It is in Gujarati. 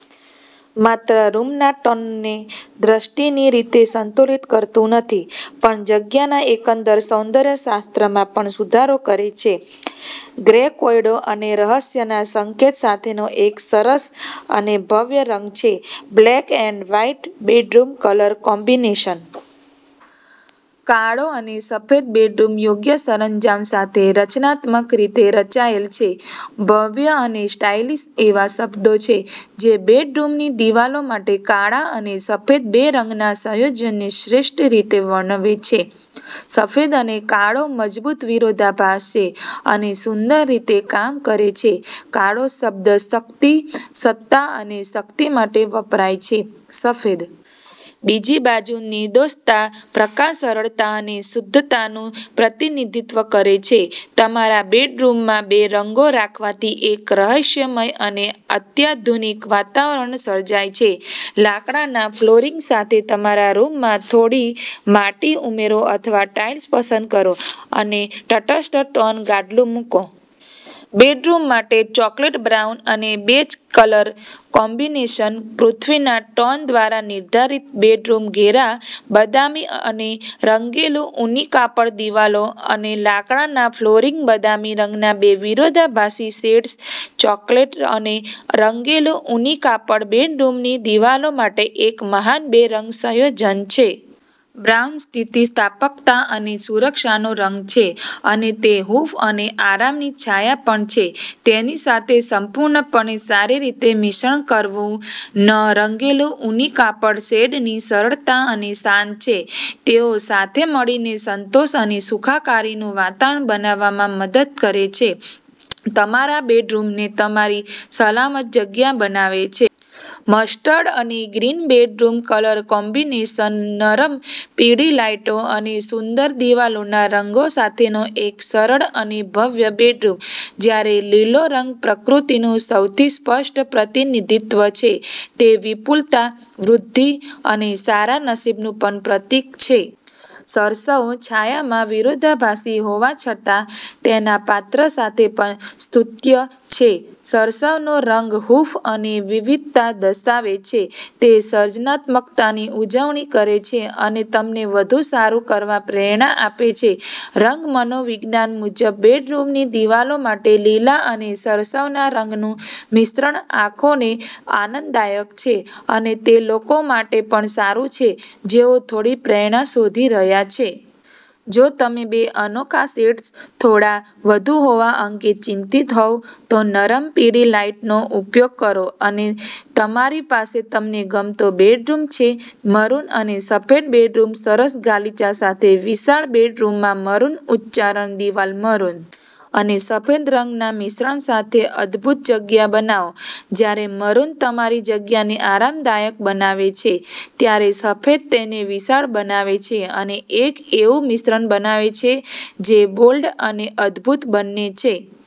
માત્ર રૂમના ટોનને દૃષ્ટિની રીતે સંતુલિત કરતું નથી પણ જગ્યાના એકંદર સૌંદર્ય શાસ્ત્રમાં પણ સુધારો કરે છે. ગ્રેકોયડો અને રહસ્યના સંકેત સાથેનો એક સરસ અને ભવ્ય રંગ છે. Black and white bedroom colour combination. કાળો અને સફેદ બેડરૂમ યોગ્ય સરંજામ સાથે રચનાત્મક રીતે રચાયેલ છે ભવ્ય અને સ્ટાઇલિશ એવા શબ્દો છે જે બેડરૂમની દિવાલો માટે કાળા અને સફેદ બે રંગના સંયોજનને શ્રેષ્ઠ રીતે વર્ણવે છે. સફેદ અને કાળો મજબૂત વિરોધાભાસ છે અને સુંદર રીતે કામ કરે છે, કાળો શબ્દ શક્તિ, સત્તા અને શક્તિ માટે વપરાય છે .સફેદ, બીજી બાજુ, નિર્દોષતા, પ્રકાશ, સરળતા અને શુદ્ધતાનું પ્રતિનિધિત્વ કરે છે. તમારા બેડરૂમમાં બે રંગો રાખવાથી એક રહસ્યમય અને અત્યાધુનિક વાતાવરણ સર્જાય છે. લાકડાના ફ્લોરિંગ સાથે તમારા રૂમમાં થોડી માટી ઉમેરો અથવા ટાઇલ્સ પસંદ કરો અને તટસ્થ-ટોન ગાદલું મૂકો. બેડરૂમ માટે ચોકલેટ બ્રાઉન અને બેજ કલર કોમ્બિનેશન .પૃથ્વીના ટોન દ્વારા નિર્ધારિત બેડરૂમઘેરા બદામી અને રંગેલું ઊની કાપડ દિવાલો અને લાકડાના ફ્લોરિંગ બદામી રંગના બે વિરોધાભાસી શેડ્સ .ચોકલેટ અને રંગેલું ઊની કાપડ બેડરૂમની દિવાલો માટે એક મહાન બે રંગ સંયોજન છે. બ્રાઉન સ્થિતિસ્થાપકતા અને સુરક્ષાનો રંગ છે, અને તે હૂંફ અને આરામની છાયા પણ છે. તેની સાથે સંપૂર્ણપણે સારી રીતે મિશ્રણ કરવુંન રંગેલું ઊની કાપડ શેડની સરળતા અને શાંત છે. તેઓ સાથે મળીને સંતોષ અને સુખાકારીનું વાતાવરણ બનાવવામાં મદદ કરે છે, તમારા બેડરૂમને તમારી સલામત જગ્યા બનાવે છે. મસ્ટર્ડ અને ગ્રીન બેડરૂમ કલર કોમ્બિનેશન. નરમ પીળી લાઇટો અને સુંદર દિવાલોના રંગો સાથેનો એક સરળ અને ભવ્ય બેડરૂમ. જ્યારે લીલો રંગ પ્રકૃતિનું સૌથી સ્પષ્ટ પ્રતિનિધિત્વ છે, તે વિપુલતા, વૃદ્ધિ અને સારા નસીબનું પણ પ્રતીક છે. સરસવ, છાયામાં વિરોધાભાસી હોવા છતાં, તેના પાત્ર સાથે પણ સ્તુત્ય છે. સરસવનો રંગ હૂંફ અને વિવિધતા દર્શાવે છે તે સર્જનાત્મકતાની ઉજવણી કરે છે અને તમને વધુ સારું કરવા પ્રેરણા આપે છે. રંગ મનોવિજ્ઞાન મુજબ, બેડરૂમની દિવાલો માટે લીલા અને સરસવના રંગનું મિશ્રણ આંખોને આનંદદાયક છે અને તે લોકો માટે પણ સારું છે જેઓ થોડી પ્રેરણા શોધી રહ્યા છે. જો તમે બે અનોખા શેડ્સ થોડા વધુ હોવા અંગે ચિંતિત હોવ, તો નરમ, પીળી લાઇટનો ઉપયોગ કરો અને તમારી પાસે તમને ગમતો બેડરૂમ છે! મરૂન અને સફેદ બેડરૂમ સરસ ગાલીચા સાથે વિશાળ બેડરૂમમાં મરૂન ઉચ્ચારણ દિવાલ .મરૂન અને સફેદ રંગના મિશ્રણ સાથે અદભૂત જગ્યા બનાવો. જ્યારે મરૂન તમારી જગ્યાને આરામદાયક બનાવે છે, ત્યારે સફેદ તેને વિશાળ બનાવે છે અને એક એવું મિશ્રણ બનાવે છે જે બોલ્ડ અને અદભૂત બંને છે.